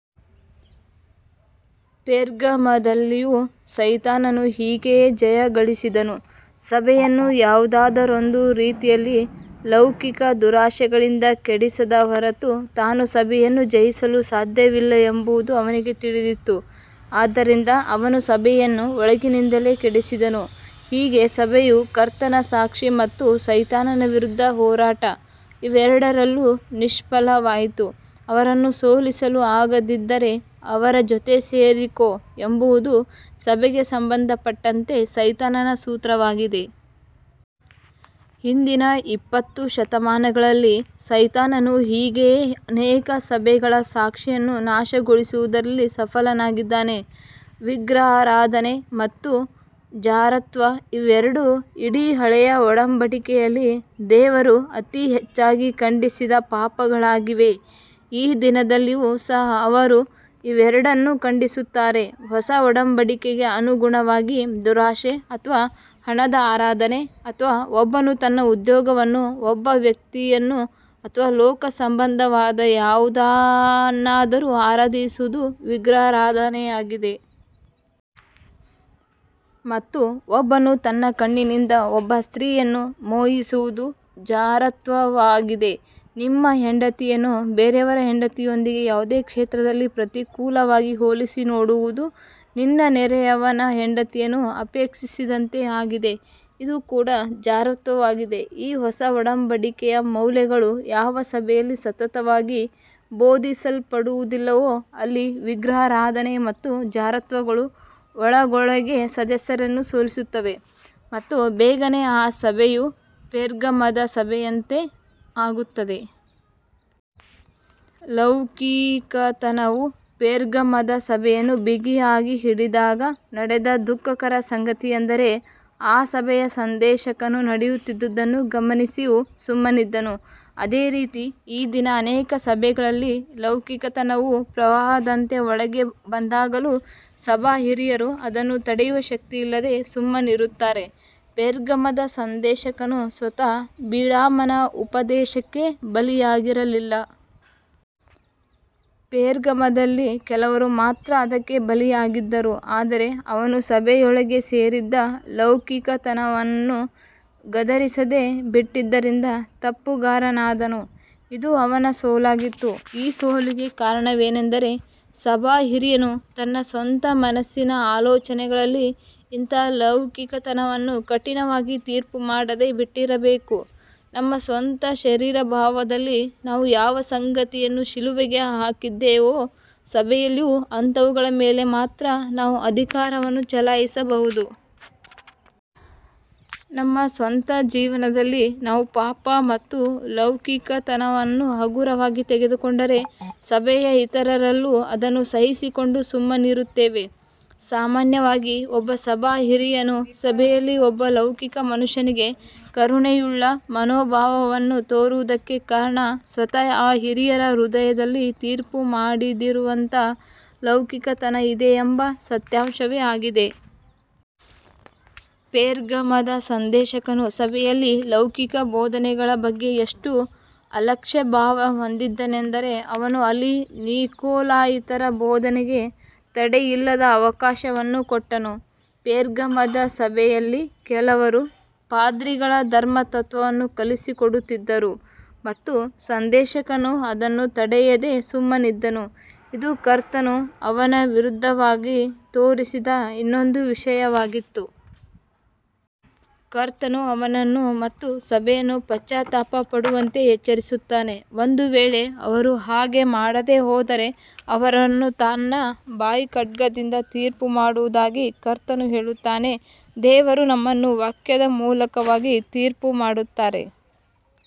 ಪೆರ್ಗಮದಲ್ಲಿಯೂ ಸೈತಾನನು ಹೀಗೆಯೇ ಜಯಗಳಿಸಿದನು. ಸಭೆಯನ್ನು ಯಾವುದಾದರೊಂದು ರೀತಿಯಲ್ಲಿ ಲೌಕಿಕ ದುರಾಶೆಗಳಿಂದ ಕೆಡಿಸದ ಹೊರತು, ತಾನು ಸಭೆಯನ್ನು ಜಯಿಸಲು ಸಾಧ್ಯವಿಲ್ಲವೆಂಬುದು ಅವನಿಗೆ ತಿಳಿದಿತ್ತು. ಆದ್ದರಿಂದ ಅವನು ಸಭೆಯನ್ನು ಒಳಗಿನಿಂದಲೇ ಕೆಡಿಸಿದನು. ಹೀಗೆ ಸಭೆಯು ಕರ್ತನ ಸಾಕ್ಷಿ ಮತ್ತು ಸೈತಾನನ ವಿರುದ್ಧ ಹೋರಾಟ, ಇವೆರಡರಲ್ಲೂ ನಿಷ್ಫಲವಾಯಿತು. "ಅವರನ್ನು ಸೋಲಿಸಲು ಆಗದಿದ್ದರೆ, ಅವರ ಜೊತೆಗೆ ಸೇರಿಕೋ," ಎಂಬುದು ಸಭೆಗೆ ಸಂಬಂಧಪಟ್ಟಂತೆ ಸೈತಾನನ ಸೂತ್ರವಾಗಿದೆ. ಹಿಂದಿನ ಇಪ್ಪತ್ತು ಶತಮಾನಗಳಲ್ಲಿ, ಸೈತಾನನು ಹೀಗೆಯೇ ಅನೇಕ ಸಭೆಗಳ ಸಾಕ್ಷಿಯನ್ನು ನಾಶಗೊಳಿಸುವುದರಲ್ಲಿ ಸಫಲನಾಗಿದ್ದಾನೆ. ವಿಗ್ರಹಾರಾಧನೆ ಮತ್ತು ಜಾರತ್ವ ಇವೆರಡು, ಇಡೀ ಹಳೆಯ ಒಡಂಬಡಿಕೆಯಲ್ಲಿ ದೇವರು ಅತಿ ಹೆಚ್ಚಾಗಿ ಖಂಡಿಸಿದ ಪಾಪಗಳಾಗಿವೆ. ಈ ದಿನದಲ್ಲಿಯೂ ಸಹ ಅವರು ಇವೆರಡನ್ನು ಖಂಡಿಸುತ್ತಾರೆ. ಹೊಸ ಒಡಂಬಡಿಕೆಗೆ ಅನುಗುಣವಾಗಿ, ದುರಾಶೆ, ಅಥವಾ ಹಣದ ಆರಾಧನೆ, ಅಥವಾ ಒಬ್ಬನು ತನ್ನ ಉದ್ಯೋಗವನ್ನು, ಒಬ್ಬ ವ್ಯಕ್ತಿಯನ್ನು ಅಥವಾ ಲೋಕ ಸಂಬಂಧವಾದ ಯಾವುದನ್ನಾದರೂ ಆರಾಧಿಸುವುದು ವಿಗ್ರಹಾರಾಧನೆಯಾಗಿದೆ. ಮತ್ತು ಒಬ್ಬನು ತನ್ನ ಕಣ್ಣಿನಿಂದ ಒಬ್ಬ ಸ್ತ್ರೀಯನ್ನು ಮೋಹಿಸುವುದು ಜಾರತ್ವವಾಗಿದೆ. ನಿಮ್ಮ ಹೆಂಡತಿಯನ್ನು ಬೇರೆಯವರ ಹೆಂಡತಿಯೊಂದಿಗೆ ಯಾವುದೇ ಕ್ಷೇತ್ರದಲ್ಲಿ ಪ್ರತಿಕೂಲವಾಗಿ ಹೋಲಿಸಿ ನೋಡುವುದು, "ನಿನ್ನ ನೆರೆಯವನ ಹೆಂಡತಿಯನ್ನು ಅಪೇಕ್ಷಿಸಿದಂತೆ" ಆಗಿದೆ. ಇದು ಕೂಡ ಜಾರತ್ವವಾಗಿದೆ. ಈ ಹೊಸ ಒಡಂಬಡಿಕೆಯ ಮೌಲ್ಯಗಳು ಯಾವ ಸಭೆಯಲ್ಲಿ ಸತತವಾಗಿ ಬೋಧಿಸಲ್ಪಡುವುದಿಲ್ಲವೋ, ಅಲ್ಲಿ ವಿಗ್ರಹಾರಾಧನೆ ಮತ್ತು ಜಾರತ್ವಗಳು ಒಳಗೊಳಗೇ ಸದಸ್ಯರನ್ನು ಸೋಲಿಸುತ್ತವೆ ಮತ್ತು ಬೇಗನೆ ಆ ಸಭೆಯು ಪೆರ್ಗಮದ ಸಭೆಯಂತೆ ಆಗುತ್ತದೆ. ಲೌಕಿಕತನವು ಪೆರ್ಗಮದ ಸಭೆಯನ್ನು ಬಿಗಿಯಾಗಿ ಹಿಡಿದಾಗ ನಡೆದ ದುಃಖಕರ ಸಂಗತಿಯೆಂದರೆ, ಆ ಸಭೆಯ ಸಂದೇಶಕನು ನಡೆಯುತ್ತಿದ್ದುದನ್ನು ಗಮನಿಸಿಯೂ ಸುಮ್ಮನಿದ್ದನು. ಅದೇ ರೀತಿ ಈ ದಿನ ಅನೇಕ ಸಭೆಗಳಲ್ಲಿ, ಲೌಕಿಕತನವು ಪ್ರವಾಹದಂತೆ ಒಳಗೆ ಬಂದಾಗಲೂ, ಸಭಾ ಹಿರಿಯರು ಅದನ್ನು ತಡೆಯುವ ಶಕ್ತಿಯಿಲ್ಲದೆ ಸುಮ್ಮನಿರುತ್ತಾರೆ. ಪೆರ್ಗಮದ ಸಂದೇಶಕನು ಸ್ವತಃ ಬಿಳಾಮನ ಉಪದೇಶಕ್ಕೆ ಬಲಿಯಾಗಿರಲಿಲ್ಲ. ಪೆರ್ಗಮದಲ್ಲಿ "ಕೆಲವರು" ಮಾತ್ರ ಅದಕ್ಕೆ ಬಲಿಯಾಗಿದ್ದರು. ಆದರೆ ಅವನು ಸಭೆಯೊಳಗೆ ಸೇರಿದ್ದ ಲೌಕಿಕತನವನ್ನು ಗದರಿಸದೇ ಬಿಟ್ಟದ್ದರಿಂದ ತಪ್ಪುಗಾರನಾದನು. ಇದು ಅವನ ಸೋಲಾಗಿತ್ತು. ಈ ಸೋಲಿಗೆ ಕಾರಣವೇನೆಂದರೆ, ಸಭಾಹಿರಿಯನು ತನ್ನ ಸ್ವಂತ ಮನಸ್ಸಿನ ಅಲೋಚನೆಗಳಲ್ಲಿ ಇಂತಹ ಲೌಕಿಕತನವನ್ನು ಕಠಿಣವಾಗಿ ತೀರ್ಪು ಮಾಡದೇ ಬಿಟ್ಟಿರಬೇಕು. ನಮ್ಮ ಸ್ವಂತ ಶರೀರಭಾವದಲ್ಲಿ ನಾವು ಯಾವ ಸಂಗತಿಗಳನ್ನು ಶಿಲುಬೆಗೆ ಹಾಕಿದ್ದೇವೋ, ಸಭೆಯಲ್ಲಿಯೂ ಅಂಥವುಗಳ ಮೇಲೆ ಮಾತ್ರ ನಾವು ಅಧಿಕಾರವನ್ನು ಚಲಾಯಿಸಬಹುದು. ನಮ್ಮ ಸ್ವಂತ ಜೀವನದಲ್ಲಿ ನಾವು ಪಾಪ ಮತ್ತು ಲೌಕಿಕತನವನ್ನು ಹಗುರವಾಗಿ ತೆಗೆದುಕೊಂಡರೆ, ಸಭೆಯ ಇತರರಲ್ಲೂ ಅದನ್ನು ಸಹಿಸಿಕೊಂಡು ಸುಮ್ಮನಿರುತ್ತೇವೆ. ಸಾಮಾನ್ಯವಾಗಿ ಒಬ್ಬ ಸಭಾ ಹಿರಿಯನು ಸಭೆಯಲ್ಲಿ ಒಬ್ಬ ಲೌಕಿಕ ಮನುಷ್ಯನಿಗೆ "ಕರುಣೆಯುಳ್ಳ" ಮನೋಭಾವವನ್ನು ತೋರುವುದಕ್ಕೆ ಕಾರಣ, ಸ್ವತಃ ಆ ಹಿರಿಯನ ಹೃದಯದಲ್ಲಿ ತೀರ್ಪು ಮಾಡದಿರುವಂತ ಲೌಕಿಕತನ ಇದೆಯೆಂಬ ಸತ್ಯಾಂಶವೇ ಆಗಿದೆ. ಪೆರ್ಗಮದ ಸಂದೇಶಕನು ಸಭೆಯಲ್ಲಿ ಲೌಕಿಕ ಬೋಧನೆಗಳ ಬಗ್ಗೆ ಎಷ್ಟು ಅಲಕ್ಷ್ಯಭಾವ ಹೊಂದಿದ್ದನೆಂದರೆ, ಅವನು ಅಲ್ಲಿ ನಿಕೊಲಾಯಿತರ ಬೋಧನೆಗೆ ತಡೆಯಿಲ್ಲದ ಅವಕಾಶವನ್ನು ಕೊಟ್ಟನು. ಪೆರ್ಗಮದ ಸಭೆಯಲ್ಲಿ ಕೆಲವರು ಪಾದ್ರಿಗಳ ಧರ್ಮತತ್ವವನ್ನು ಕಲಿಸಿಕೊಡುತ್ತಿದ್ದರು! ಮತ್ತು ಸಂದೇಶಕನು ಅದನ್ನು ತಡೆಯದೇ ಸುಮ್ಮನಿದ್ದನು. ಇದು ಕರ್ತನು ಅವನ ವಿರುದ್ಧವಾಗಿ ತೋರಿಸಿದ ಇನ್ನೊಂದು ವಿಷಯವಾಗಿತ್ತು. ಕರ್ತನು ಅವನನ್ನು ಮತ್ತು ಸಭೆಯನ್ನು ಪಶ್ಚಾತ್ತಾಪ ಪಡುವಂತೆ ಎಚ್ಚರಿಸುತ್ತಾನೆ. ಒಂದು ವೇಳೆ ಅವರು ಹಾಗೆ ಮಾಡದೇ ಹೋದರೆ, ಅವರನ್ನು ತನ್ನ ಬಾಯ ಖಡ್ಗದಿಂದ ತೀರ್ಪು ಮಾಡುವುದಾಗಿ ಕರ್ತನು ಹೇಳುತ್ತಾನೆ. ದೇವರು ನಮ್ಮನ್ನು ವಾಕ್ಯದ ಮೂಲಕವಾಗಿ ತೀರ್ಪು ಮಾಡುತ್ತಾರೆ.